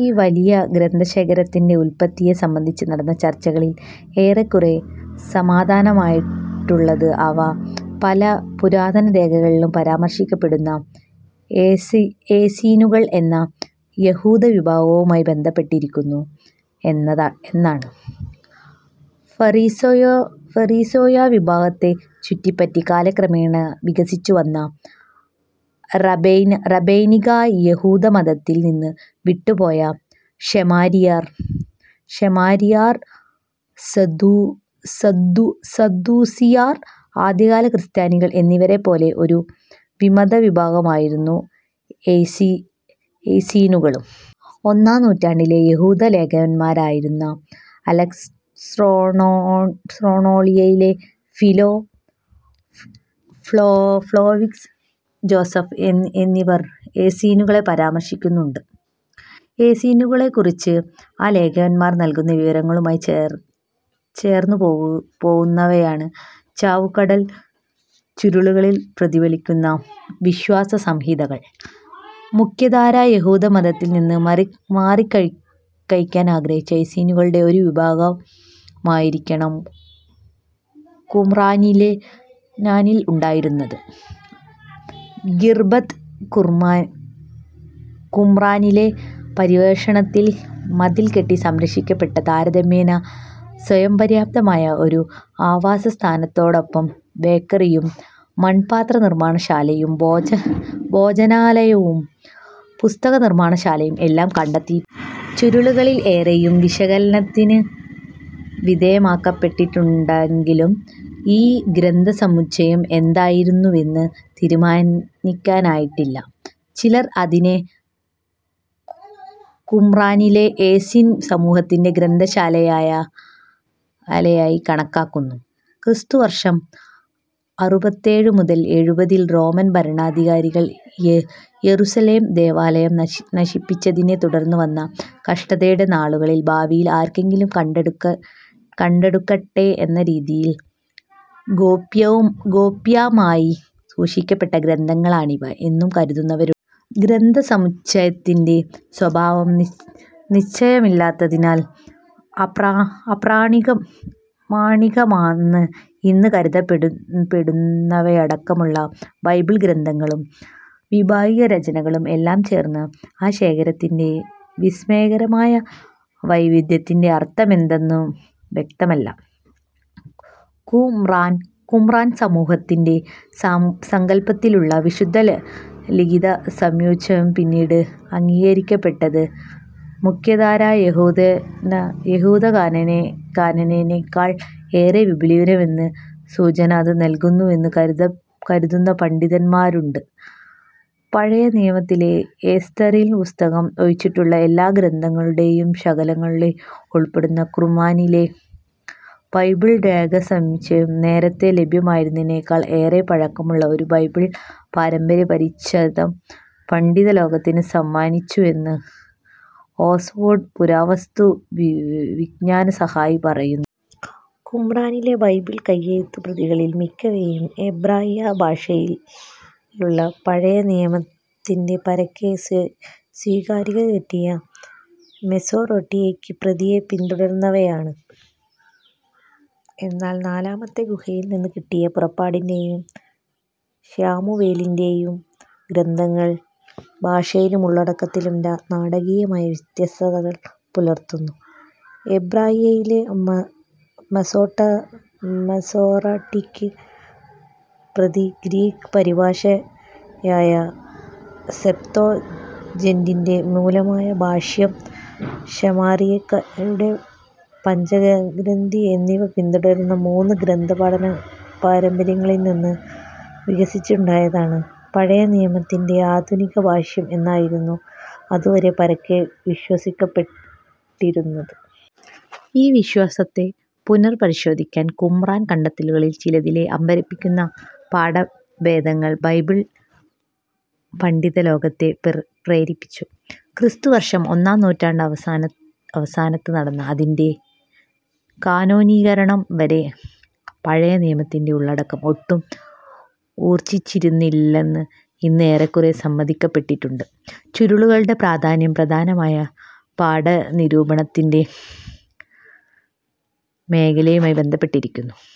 ഈ വലിയ ഗ്രന്ഥശേഖരത്തിൻ്റെ ഉല്പത്തിയെ സംബന്ധിച്ച് നടന്ന ചർച്ചകളിൽ ഏറെക്കുറെ സമ്മതമായിട്ടുള്ളത് അവ, പല പുരാതനരേഖകളിലും പരാമർശിക്കപ്പെടുന്ന എസ്സീനുകൾ എന്ന യഹൂദവിഭാഗവുമായി ബന്ധപ്പെട്ടിരിക്കുന്നു എന്നാണ്. ഫരിസേയവിഭാഗത്തെ ചുറ്റിപ്പറ്റി കാലക്രമേണ വികസിച്ചുവന്ന റാബൈനിക യഹൂദമതത്തിൽ നിന്ന് വിട്ടുപോയ ശമരിയർ, സദ്ദൂസിയർ, ആദ്യകാല ക്രിസ്ത്യാനികൾ എന്നിവരെപ്പോലെ ഒരു വിമതവിഭാഗമായിരുന്നു എസ്സീനുകളും. ഒന്നാം നൂറ്റാണ്ടിലെ യഹൂദലേഖകന്മാരായിരുന്ന അലക്സാണ്ഡ്രിയയിലെ ഫിലോ, ഫ്ലാവിയസ് ജോസഫ് എന്നിവർ എസ്സീനുകളെ പരാമർശിക്കുന്നുണ്ട്. എസ്സീനുകളെക്കുറിച്ച് ആ ലേഖകന്മാർ നൽകുന്ന വിവരങ്ങളുമായി ചേർന്നു പോകുന്നവയാണ് ചാവുകടൽ ചുരുളുകളിൽ പ്രതിഫലിക്കുന്ന വിശ്വാസസംഹിതകൾ. മുഖ്യധാരാ യഹൂദമതത്തിൽ നിന്ന് മാറിക്കഴിയാൻ ആഗ്രഹിച്ച എസ്സീനുകളുടെ ഒരു വിഭാഗമായിരിക്കണം കുമ്രാനിൽ ഉണ്ടായിരുന്നത്. ഖിർബത് കുമ്രാനിലെ പര്യവേഷണത്തിൽ, മതിൽ കെട്ടി സംരക്ഷിക്കപ്പെട്ട താരതമ്യേന സ്വയംപര്യാപ്തമായ ഒരു ആവാസസ്ഥാനത്തോടൊപ്പം ബേക്കറിയും, മൺപാത്രനിർമ്മാണശാലയും, ഭോജനാലയവും, പുസ്തകനിർമ്മാണശാലയും എല്ലാം കണ്ടെത്തിയിട്ടുണ്ട്. ചുരുളുകളിൽ ഏറെയും വിശകലനത്തിന് വിധേയമാക്കപ്പെട്ടിട്ടുണ്ടെങ്കിലും ഈ ഗ്രന്ഥസമുച്ചയം എന്തായിരുന്നുവെന്ന് തീരുമാനിക്കാനായിട്ടില്ല. ചിലർ അതിനെ കുമ്രാനിലെ എസ്സീൻ സമൂഹത്തിൻ്റെ ഗ്രന്ഥശാലയായി കണക്കാക്കുന്നു. ക്രിസ്തുവർഷം അറുപത്തേഴ് മുതൽ എഴുപതിൽ റോമൻ ഭരണാധികാരികൾ യെരുശലേം ദേവാലയം നശിപ്പിച്ചതിനെ തുടർന്നു വന്ന കഷ്ടതയുടെ നാളുകളിൽ ഭാവിയിൽ ആരെങ്കിലും കണ്ടെടുക്കട്ടെ എന്ന് കരുതി ഗോപ്യമായി സൂക്ഷിക്കപ്പെട്ട ഗ്രന്ഥങ്ങളാണിവ എന്നും കരുതുന്നവരുണ്ട്. ഗ്രന്ഥസമുച്ചയത്തിൻ്റെ സ്വഭാവം നിശ്ചയമില്ലാത്തതിനാൽ, അപ്രമാണികമെന്ന് ഇന്ന് കരുതപ്പെടുന്നവയടക്കമുള്ള ബൈബിൾ ഗ്രന്ഥങ്ങളും വിഭാഗീയരചനകളും എല്ലാം ചേർന്ന ആ ശേഖരത്തിൻ്റെ വിസ്മയകരമായ വൈവിധ്യത്തിൻ്റെ അർത്ഥമെന്തെന്നും വ്യക്തമല്ല. കുമ്രാൻ സമൂഹത്തിൻ്റെ സങ്കൽപ്പത്തിലുള്ള വിശുദ്ധലിഖിതസമുച്ചയം പിന്നീട് അംഗീകരിക്കപ്പെട്ട മുഖ്യധാരാ യഹൂദകാനോനേക്കാൾ ഏറെ വിപുലമായിരുന്നുവെന്ന സൂചന അത് നൽകുന്നുവെന്ന് കരുതുന്ന പണ്ഡിതന്മാരുണ്ട്. പഴയനിയമത്തിലെ എസ്തേറിൻ്റെ പുസ്തകം ഒഴിച്ചുള്ള എല്ലാ ഗ്രന്ഥങ്ങളുടെയും ശകലങ്ങളെങ്കിലും ഉൾപ്പെടുന്ന കുമ്രാനിലെ ബൈബിൾ രേഖാസമുച്ചയം, നേരത്തെ ലഭ്യമായിരുന്നവയെക്കാൾ ഏറെ പഴക്കമുള്ള ഒരു ബൈബിൾ പാരമ്പര്യപരിച്ഛേദം പണ്ഡിതലോകത്തിന് സമ്മാനിച്ചുവെന്ന് ഓക്സ്ഫോർഡ് പുരാവസ്തുവിജ്ഞാനസഹായി പറയുന്നു. കുമ്രാനിലെ ബൈബിൾ കൈയെഴുത്തുപ്രതികളിൽ മിക്കവയും എബ്രായ ഭാഷയിലുള്ള പഴയനിയമത്തി ൻ്റെ പരക്കെ സ്വീകാര്യത കിട്ടിയ മസോറെട്ടിക്ക് പ്രതിയെ പിന്തുടരുന്നവയാണ്. എന്നാൽ നാലാമത്തെ ഗുഹയിൽ നിന്ന് കിട്ടിയ പുറപ്പാടിൻ്റെയും ശമൂവേലിൻ്റെയും ഗ്രന്ഥങ്ങൾ ഭാഷയിലും ഉള്ളടക്കത്തിലും നാടകീയമായ വ്യത്യസ്തത പുലർത്തുന്നു. എബ്രായയിലെ മസോറട്ടിക്ക് പ്രതി ഗ്രീക്ക് പരിഭാഷയായ സെപ്ത്വജിന്റിൻ്റെ മൂലമായിരുന്ന ഭാഷ്യം ശമറിയാക്കാരുടെ പഞ്ചഗ്രന്ഥി എന്നിവ പിന്തുടർന്ന മൂന്ന് ഗ്രന്ഥപാരമ്പര്യങ്ങളിൽ നിന്ന് വികസിച്ചുണ്ടായതാണ് പഴയനിയമത്തിൻ്റെ ആധുനികഭാഷ്യം എന്നായിരുന്നു അതുവരെ പരക്കെ വിശ്വസിക്കപ്പെട്ടിരുന്നത്. ഈ വിശ്വാസത്തെ പുന പരിശോധിക്കാൻ കുമ്രാൻ കണ്ടെത്തലുകളിൽ ചിലതിലെ അമ്പരപ്പിക്കുന്ന പാഠഭേദങ്ങൾ ബൈബിൾ പണ്ഡിതലോകത്തെ പ്രേരിപ്പിച്ചു. ക്രിസ്തുവർഷം ഒന്നാം നൂറ്റാണ്ടവസാനത്ത് നടന്ന അതിൻ്റെ കാനോനീകരണം വരെ പഴയനിയമത്തിൻ്റെ ഉള്ളടക്കം ഒട്ടും ഉറച്ചിരുന്നില്ലെന്ന് ഇന്ന് ഏറെക്കുറെ സമ്മതിക്കപ്പെട്ടിട്ടുണ്ട്. ചുരുളുകളുടെ പ്രാധാന്യം പ്രധാനമായ പാഠനിരൂപണത്തിൻ്റെ മേഖലയുമായി ബന്ധപ്പെട്ടിരിക്കുന്നു.